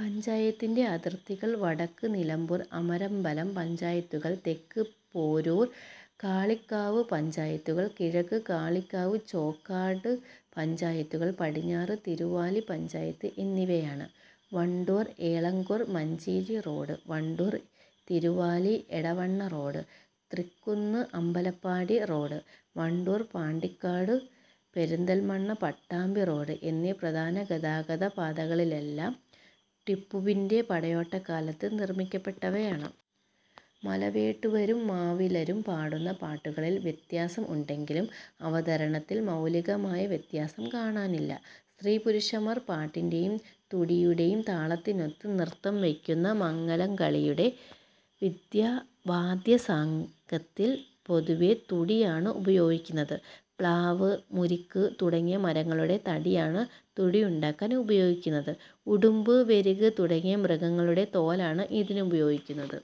പഞ്ചായത്തിന്റെ അതിർത്തികൾ വടക്ക് നിലമ്പൂർ, അമരമ്പലം പഞ്ചായത്തുകൾ, തെക്ക് പോരൂർ, കാളികാവ് പഞ്ചായത്തുകൾ, കിഴക്ക് കാളികാവ്, ചോക്കാട് പഞ്ചായത്തുകൾ, പടിഞ്ഞാറ് തിരുവാലി പഞ്ചായത്ത് എന്നിവയാണ്. Wandoor-Elankur-Manjeri road, Wandoor-Thiruvali-Edavanna road, Thrikkunnu-Ambalappadi road, Wandoor-Pandikkad, Perinthalmanna-Pattambi road എന്നീ പ്രധാന ഗതാഗതപാതകളെല്ലാം ടിപ്പുവിന്റെ പടയോട്ടക്കാലത്ത് നിർമ്മിക്കപ്പെട്ടവയാണ്. മലവേട്ടുവരും മാവിലരും പാടുന്ന പാട്ടുകളിൽ വ്യത്യാസം ഉണ്ടെങ്കിലും അവതരണത്തിൽ മൗലികമായ വ്യത്യാസം കാണാനില്ല. സ്ത്രീപുരുഷന്മാർ പാട്ടിന്റേയും തുടിയുടേയും താളത്തിനൊത്ത് നൃത്തം വെയ്ക്കുന്ന മങ്ങലംകളിയുടെ വാദ്യസംഘത്തിൽ പൊതുവേ തുടിയാണ് ഉപയോഗിക്കുന്നത്. പ്ലാവ്, മുരിക്ക് തുടങ്ങിയ മരങ്ങളുടെ തടിയാണ് തുടിയുണ്ടാക്കാൻ ഉപയോഗിക്കുന്നത്. ഉടുമ്പ്, വെരുക് തുടങ്ങിയ മൃഗങ്ങളുടെ തോലാണ് ഇതിനുപയോഗിക്കുന്നത്.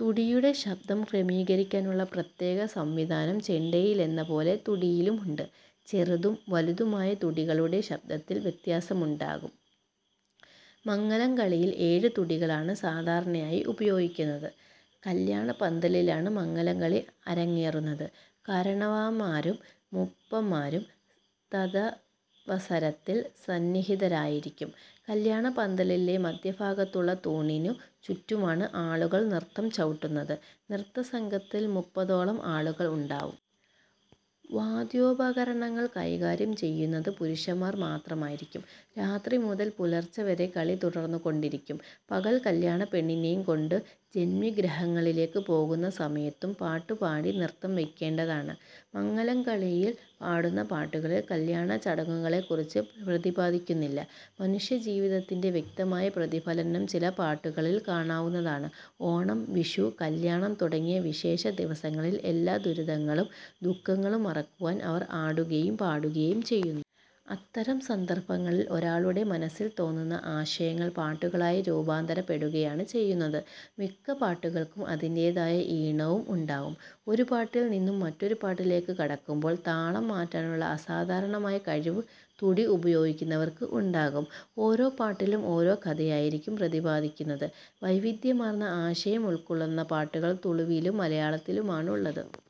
തുടിയുടെ ശബ്ദം ക്രമീകരിക്കാനുള്ള പ്രത്യേക സംവിധാനം ചെണ്ടയിലെന്ന പോലെ തുടിയിലുമുണ്ട്. ചെറുതും വലുതുമായ തുടികളുടെ ശബ്ദത്തിൽ വ്യത്യാസമുണ്ടാകും. മങ്ങലംകളിയിൽ ഏഴ് തുടികളാണ് സാധാരണയായി ഉപയോഗിക്കുന്നത്. കല്യാണപന്തലിലാണ് മങ്ങലംകളി അരങ്ങേറുന്നത്. കാരണവന്മാരും മൂപ്പന്മാരും തദവസരത്തിൽ സന്നിഹിതരായിരിക്കും. കല്യാണപന്തലിലെ മധ്യഭാഗത്തുള്ള തൂണിനു ചുറ്റുമാണ് ആളുകൾ നൃത്തം ചവിട്ടുന്നത്. നൃത്തസംഘത്തിൽ മുപ്പതോളം ആളുകൾ ഉണ്ടാകും. വാദ്യോപകരണങ്ങൾ കൈകാര്യം ചെയ്യുന്നത് പുരുഷന്മാർ മാത്രമായിരിക്കും. രാത്രി മുതൽ പുലർച്ച വരെ കളി തുടർന്നുകൊണ്ടിരിക്കും. പകൽ കല്യാണപ്പെണ്ണിനേയും കൊണ്ട് ജന്മിഗൃഹങ്ങളിലേയ്ക്ക് പോകുന്ന സമയത്തും പാട്ട് പാടി നൃത്തം വയ്ക്കേണ്ടതാണ്. മങ്ങലംകളിയിൽ പാടുന്ന പാട്ടുകളിൽ കല്യാണചടങ്ങുകളെക്കുറിച്ച് പ്രതിപാദിക്കുന്നില്ല. മനുഷ്യജീവിതത്തിന്റെ വ്യക്തമായ പ്രതിഫലനം ചില പാട്ടുകളിൽ കാണാവുന്നതാണ്. ഓണം, വിഷു, കല്യാണം തുടങ്ങിയ വിശേഷ ദിവസങ്ങളിൽ എല്ലാ ദുരിതങ്ങളും ദുഃഖങ്ങളും മറക്കുവാൻ അവർ ആടുകയും പാടുകയും ചെയ്യുന്നു. അത്തരം സന്ദർഭങ്ങളിൽ ഒരാളുടെ മനസ്സിൽ തോന്നുന്ന ആശയങ്ങൾ പാട്ടുകളായി രൂപാന്തരപ്പെടുകയാണ് ചെയ്യുന്നത്. മിക്ക പാട്ടുകൾക്കും അതിന്റേതായ ഈണവും ഉണ്ടാകും. ഒരു പാട്ടിൽ നിന്നും മറ്റൊരു പാട്ടിലേക്ക് കടക്കുമ്പോൾ താളം മാറ്റാനുള്ള അസാധാരണമായ കഴിവ് തുടി ഉപയോഗിക്കുന്നവർക്ക് ഉണ്ടാകും. ഓരോ പാട്ടിലും ഓരോ കഥയായിരിക്കും പ്രതിപാദിക്കുന്നത്. വൈവിധ്യമാർന്ന ആശയമുൾക്കൊള്ളുന്ന പാട്ടുകൾ തുളുവിലും മലയാളത്തിലുമാണുള്ളത്.